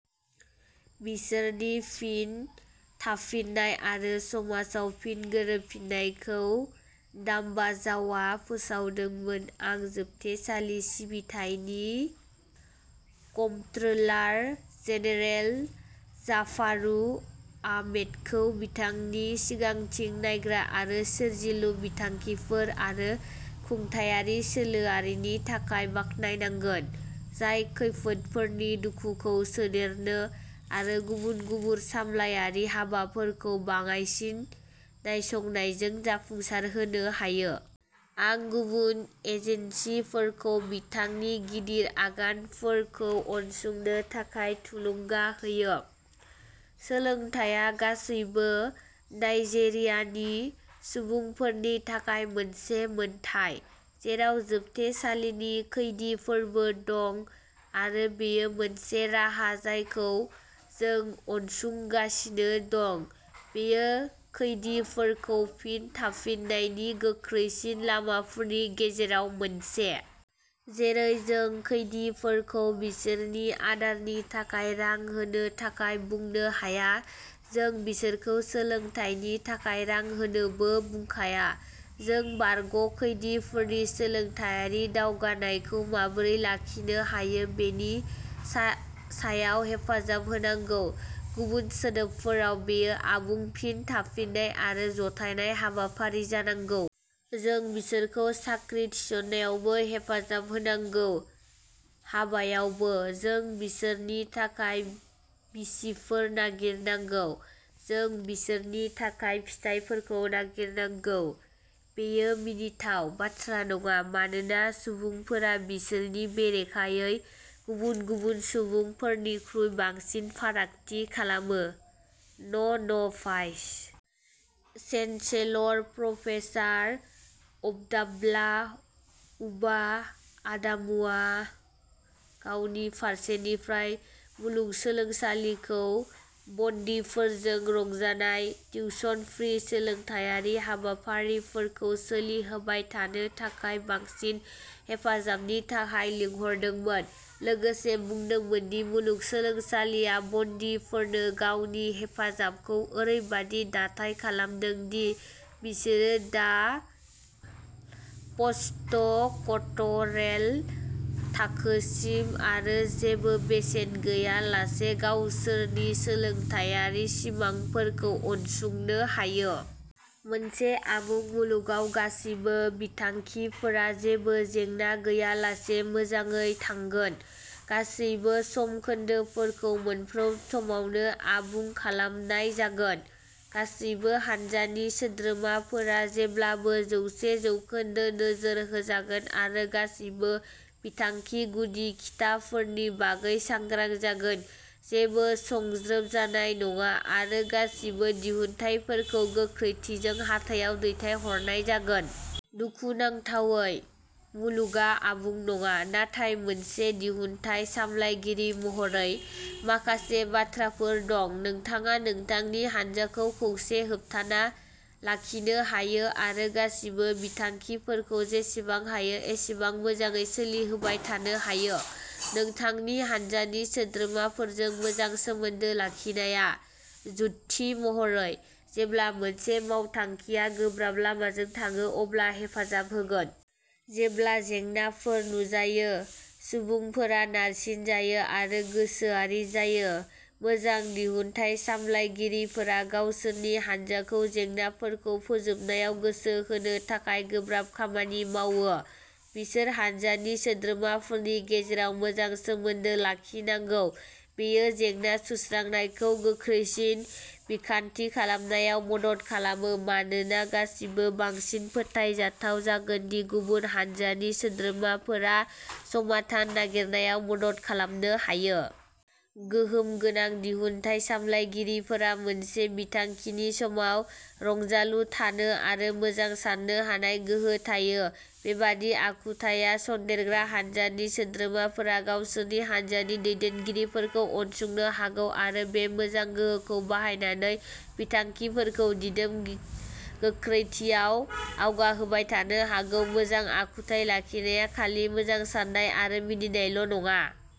बिसोरनि फिन थाफिन्नाय आरो समाजआव फिन गोरोबफिन्नायखौ दाम्बाजाउआ फोसावदोंमोन आं जोबथेसालि सिबिथायनि कमप्ट्रोलार जेनेरेल जाफारु आहमेदखौ बिथांनि सिगांथिं नायग्रा आरो सोरजिलु बिथांखिफोर आरो खुंथायारि सोलोआरिनि थाखाय बाख्नायनांगोन, जाय खैदिफोरनि दुखुखौ सोदेरनो आरो गुबुन गुबुन सामलायारि हाबाफोरखौ बाङायसिन नायसंनायजों जाफुंसारहोनो हायो। आं गुबुन एजेन्सिफोरखौ बिथांनि गिदिर आगानफोरखौ उनसंनो थाखाय थुलुंगा होयो। सोलोंथायआ गासैबो नाइजेरियानि सुबुंफोरनि थाखाय मोनसे मोनथाय, जेराव जोबथेसालिनि खैदिफोरबो दं आरो बेयो मोनसे राहा जायखौ जों उनसंगासिनो दं। बेयो खैदिफोरखौ फिन थाफिननायनि गोख्रैसिन लामाफोरनि गेजेराव मोनसे। जेरै जों खैदिफोरखौ बिसोरनि आदारनि थाखाय रां होनो थाखाय बुंनो हाया, जों बिसोरखौ सोलोंथाइनि थाखाय रां होनोबो बुंखाङा। जों बारग' खैदिफोरनि सोलोंथायारि दावगानायखौ माबोरै लाखिनो हायो बेनि सा सायाव हेफाजाब होनांगौ। गुबुन सोदोबफोराव, बेयो आबुं फिन थाफिननाय आरो जथायनाय हाबाफारि जानांगौ। जों बिसोरखौ साख्रि थिसननायावबो हेफाजाब होनांगौ। हाबायावबो, जों बिसोरनि थाखाय बिसिफोर नागिरनांगौ, जों बिसोरनि थाखाय फिसायफोरखौ नागिरनांगौ। बेयो मिनिथाव बाथ्रा नङा मानोना सुबुंफोरा बिसोरनि बेरेखायै गुबुन गुबुन सुबुंफोरनिख्रुइ बांसिन फारागथि खालामो। न'न भाइस चेन्सेलर, प्रफेसार अब्दाल्ला उबा आदामुआ गावनि फारसेनिफ्राय मुलुगसोलोंसालिखौ बन्दिफोरजों रंजानाय टिउशन-फ्री सोलोंथायारि हाबाफारिफोरखौ सोलिहोबाय थानो थाखाय बांसिन हेफाजाबनि थाखाय लिंहरदोंमोन, लोगोसे बुंदोंमोन दि मुलुगसोलोंसालिया बन्दिफोरनो गावनि हेफाजाबखौ ओरैबायदि दाथाय खालामदों दि बिसोरो दा पस्टड'क'टरेल थाखोसिम आरो जेबो बेसेन गैयालासे गावसोरनि सोलोंथायारि सिमांफोरखौ उनसंनो हायो। मोनसे आबुं मुलुगाव, गासैबो बिथांखिफोरा जेबो जेंना गैयालासे मोजाङै थांगोन। गासैबो समखोन्दोफोरखौ मोनफ्रोम समावनो आबुं खालामनाय जागोन। गासैबो हानजानि सोद्रोमाफोरा जेब्लाबो जौसे जौखोन्दो नोजोर होजागोन आरो गासैबो बिथांखि गुदि-खिथाफोरनि बागै सांग्रां जागोन। जेबो सुंज्रोब जानाय नङा, आरो गासैबो दिहुनथायफोरखौ गोख्रैथिजों हाथायाव दैथायहरनाय जागोन। दुखुनांथावै, मुलुगआ आबुं नङा। नाथाय मोनसे दिहुनथाय सामलायगिरि महरै, माखासे बाथ्राफोर दं। नोंथाङा नोंथांनि हान्जाखौ खौसे होथाबना लाखिनो हायो आरो गासैबो बिथांखिफोरखौ जेसेबां हायो एसेबां मोजाङै सोलिहोबाय थानो हायो। नोंथांनि हान्जानि सोद्रोमाफोरजों मोजां सोमोन्दो लाखिनाया, जुक्ति महरै, जेब्ला मोनसे मावथांखिआ गोब्राब लामाजों थाङो अब्ला हेफाजाब होगोन। जेब्ला जेंनाफोर नुजायो, सुबुंफोरा नारसिनजायो आरो गोसोआरि जायो; मोजां दिहुनथाय सामलायगिरिफोरा गावसोरनि हान्जाखौ जेंनाफोरखौ फोजोबनायाव गोसो होनो थाखाय गोब्राब खामानि मावो। बिसोर हानजानि सोद्रोमाफोरनि गेजेराव मोजां सोमोन्दो लाखिनांगौ-बेयो जेंना-सुस्रांनायखौ गोख्रैसिन बिखान्थि खालामनायाव मदद खालामो, मानोना गासैबो बांसिन फोथायजाथाव जागोन दि गुबुन हान्जानि सोद्रोमाफोरा समाथान नागिरनायाव मदद खालामनो हायो। गोहोम गोनां दिहुनथाय सामलायगिरिफोरा मोनसे बिथांखिनि समाव रंजालु थानो आरो मोजां साननो हानाय गोहो थायो। बेबादि आखुथाया सनदेरग्रा हानजानि सोद्रोमाफोरा गावसोरनि हानजानि दैदेनगिरिफोरखौ उनसंनो हागौ आरो बे मोजां गोहोखौ बाहायनानै बिथांखिफोरखौ दिदोम गोख्रैथियाव आवगायहोबाय थानो हागौ। मोजां आखुथाय लाखिनाया खालि मोजां साननाय आरो मिनिनायल' नङा।